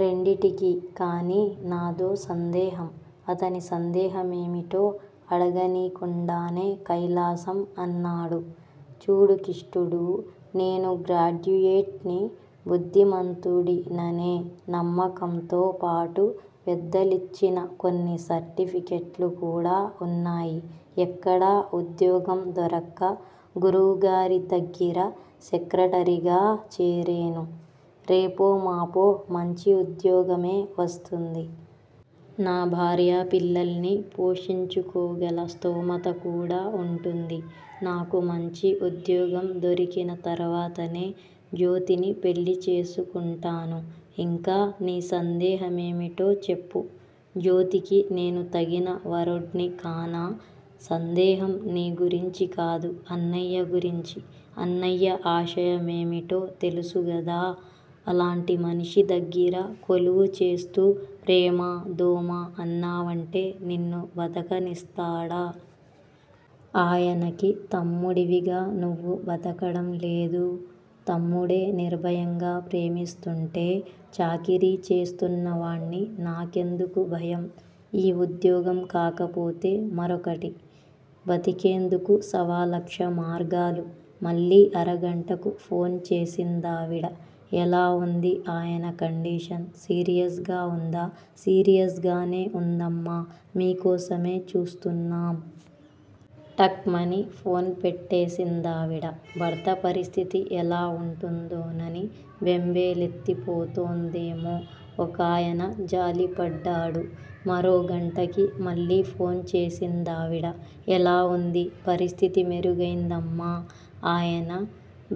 రెండింటికీ! కానీ నాదో సందేహం! అతని సందేహ మేమిటో అడగనీకుండానే కైలాసం అన్నాడు- చూడు కిష్టుడూ! నేను గ్రాడ్యుయేట్ ని, బుద్ధిమంతుడిననే నమ్మకంతోపాటు పెద్దలిచ్చిన కొన్ని సర్టిఫికెట్లు కూడా ఉన్నాయి. ఎక్కడా ఉద్యోగం దొరక్క గురువుగారిదగ్గిర సెక్రటరీగా చేరేను. రేపో మాపో మంచి ఉద్యోగమే వస్తుంది. నా భార్యాపిల్లల్ని పోషించుకోగల స్థోమత కూడా ఉంటుంది. నాకు మంచి ఉద్యోగం దొరికినతర్వాతనే జ్యోతిని పెళ్ళిచేసుకుంటాను. ఇంకా నీ సందేహమేమిటో చెప్పు? జ్యోతికి నేను తగిన వరుడ్ని కానా? సందేహం నీ గురించి కాదు-అన్నయ్య గురించి. అన్నయ్య ఆశయమేమిటో తెలుసుగదా! అలాంటి మనిషి దగ్గిర కొలువుచేస్తూ, ప్రేమా-దోమా అన్నావంటే నిన్ను బతకనిస్తాడా? ఆయనకి తమ్ముడివిగా నువ్వు బతకడంలేదూ? తమ్ముడే నిర్భయంగా ప్రేమిస్తుంటే-చాకిరీ చేస్తున్నవాడ్ని నాకెందుకు భయం? ఈ ఉద్యోగం కాకపోతే మరొకటి? బతికేందుకు సవాలక్ష మార్గాలు! మళ్ళీ అరగంటకు ఫోన్ చేసిందావిడ. ఎలా ఉంది ఆయన కండిషన్ సీరియస్ గా ఉందా సీరియస్ గానే ఉందమ్మా మీకోసమే చూస్తున్నాం. టక్ మని ఫోన్ పెట్టేసిందావిడ. భర్త పరిస్థితి ఎలా ఉంటుందోనని బెంబేలెత్తిపోతోందేమో ఒకాయన జాలిపడ్డాడు. మరో గంటకి మళ్ళీ ఫోన్ చేసిందావిడ. ఎలా ఉంది పరిస్థితి మెరుగైందమ్మా ఆయన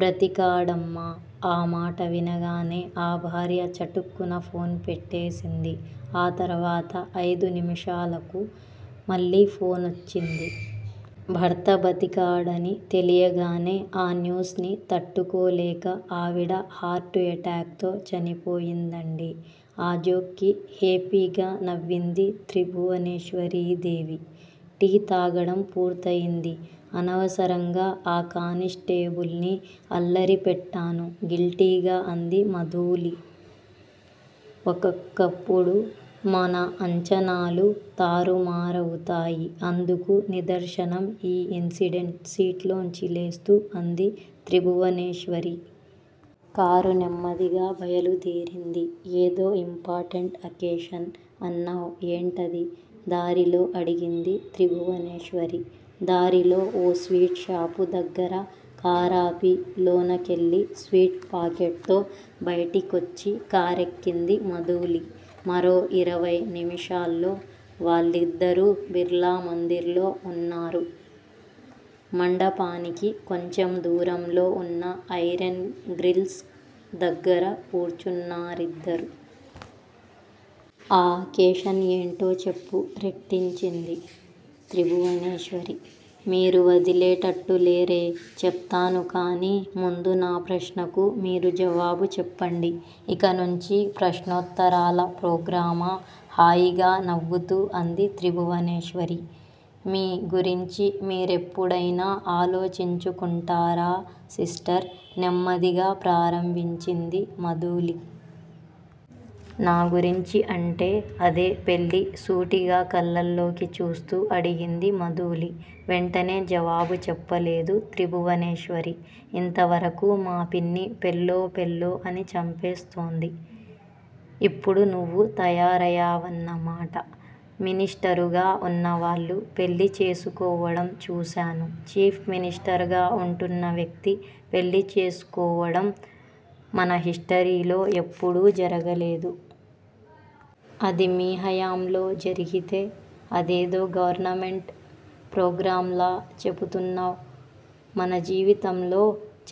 బ్రతికాడమ్మా. ఆ మాట వినగానే ఆ భార్య చటుక్కున ఫోన్ పెట్టేసింది. ఆ తర్వాత ఐదు నిమిషాలకు మళ్ళీ ఫోనొచ్చింది. భర్త బతికాడని తెలియగానే ఆ న్యూస్ ని తట్టుకోలేక ఆవిడ హార్టు ఎటాక్ తో చనిపోయిందండి. ఆ జోక్ కి హేపీగా నవ్వింది త్రిభువనేశ్వరీదేవి. టీ తాగడం పూర్తయింది. అనవసరంగా ఆ కానిస్టేబుల్ని అల్లరి పెట్టాను గిల్టీగా అంది మధూలి. ఒక్కొక్కప్పుడు మన అంచనాలు తారుమారవుతాయి అందుకు నిదర్శనం ఈ ఇన్సిడెంట్ సీట్లోంచి లేస్తూ అంది త్రిభువనేశ్వరి. కారు నెమ్మదిగా బయలుదేరింది. ఏదో ఇంపార్టెంట్ అకేషన్ అన్నావ్ ఏంటది దారిలో అడిగింది త్రిభువనేశ్వరి. దారిలో ఓ స్వీట్ షాపు దగ్గర కారాపి లోనకెళ్ళి స్వీట్ పాకెట్ తో బయటికొచ్చి కారెక్కింది మధూలి. మరో ఇరవయ్ నిమిషాల్లో వాళ్ళిద్దరూ బిర్లామందిర్ లో ఉన్నారు. మండపానికి కొంచెం దూరంలో ఉన్న ఐరెన్ గ్రిల్స్ దగ్గర కూర్చున్నా రిద్దరు. ఆ అకేషన్ ఏంటో చెప్పు రెట్టించింది త్రిభువనేశ్వరి. మీరు వదిలేటట్టు లేరే! చెప్తాను కానీ ముందు నా ప్రశ్నకు మీరు జవాబు చెప్పండి. ఇక నుంచీ ప్రశ్నోత్తరాల ప్రోగ్రామా హాయిగా నవ్వుతూ అంది త్రిభువనేశ్వరి. మీ గురించి మీరెప్పుడైనా ఆలోచించుకుంటారా సిస్టర్ నెమ్మదిగా ప్రారంభించింది మధూలి. నా గురించి అంటే అదే పెళ్ళి సూటిగా కళ్ళల్లోకి చూస్తూ అడిగింది మధూలి. వెంటనే జవాబు చెప్పలేదు త్రిభువనేశ్వరి. ఇంతవరకూ మా పిన్ని పెళ్ళో పెళ్ళో అని చంపేస్తోంది. ఇప్పుడు నువ్వు తయారయావన్న మాట. మినిస్టరుగా ఉన్నవాళ్ళు పెళ్ళి చేసుకోవడం చూసాను. చీఫ్ మినిస్టర్ గా ఉంటున్న వ్యక్తి పెళ్ళి చేసుకోవడం మన హిస్టరీలో ఎప్పుడూ జరగలేదు. అది మీ హయాంలో జరిగితే. అదేదో గవర్నమెంట్ ప్రోగ్రామ్ లా చెపుతున్నావ్-మన జీవితంలో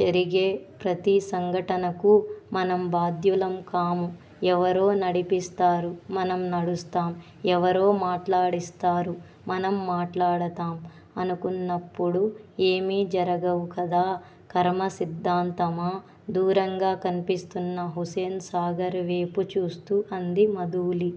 జరిగే ప్రతి సంఘటనకూ మనం బాధ్యులం కాము. ఎవరో నడిపిస్తారు- మనం నడుస్తాం. ఎవరో మాట్లాడిస్తారు- మనం మాట్లాడతాం అనుకున్నప్పుడు ఏమీ జరగవు కదా. కర్మ సిద్దాంతమా దూరంగా కన్పిస్తున్న హుసేన్ సాగర్ వేపు చూస్తూ అంది మధూలి.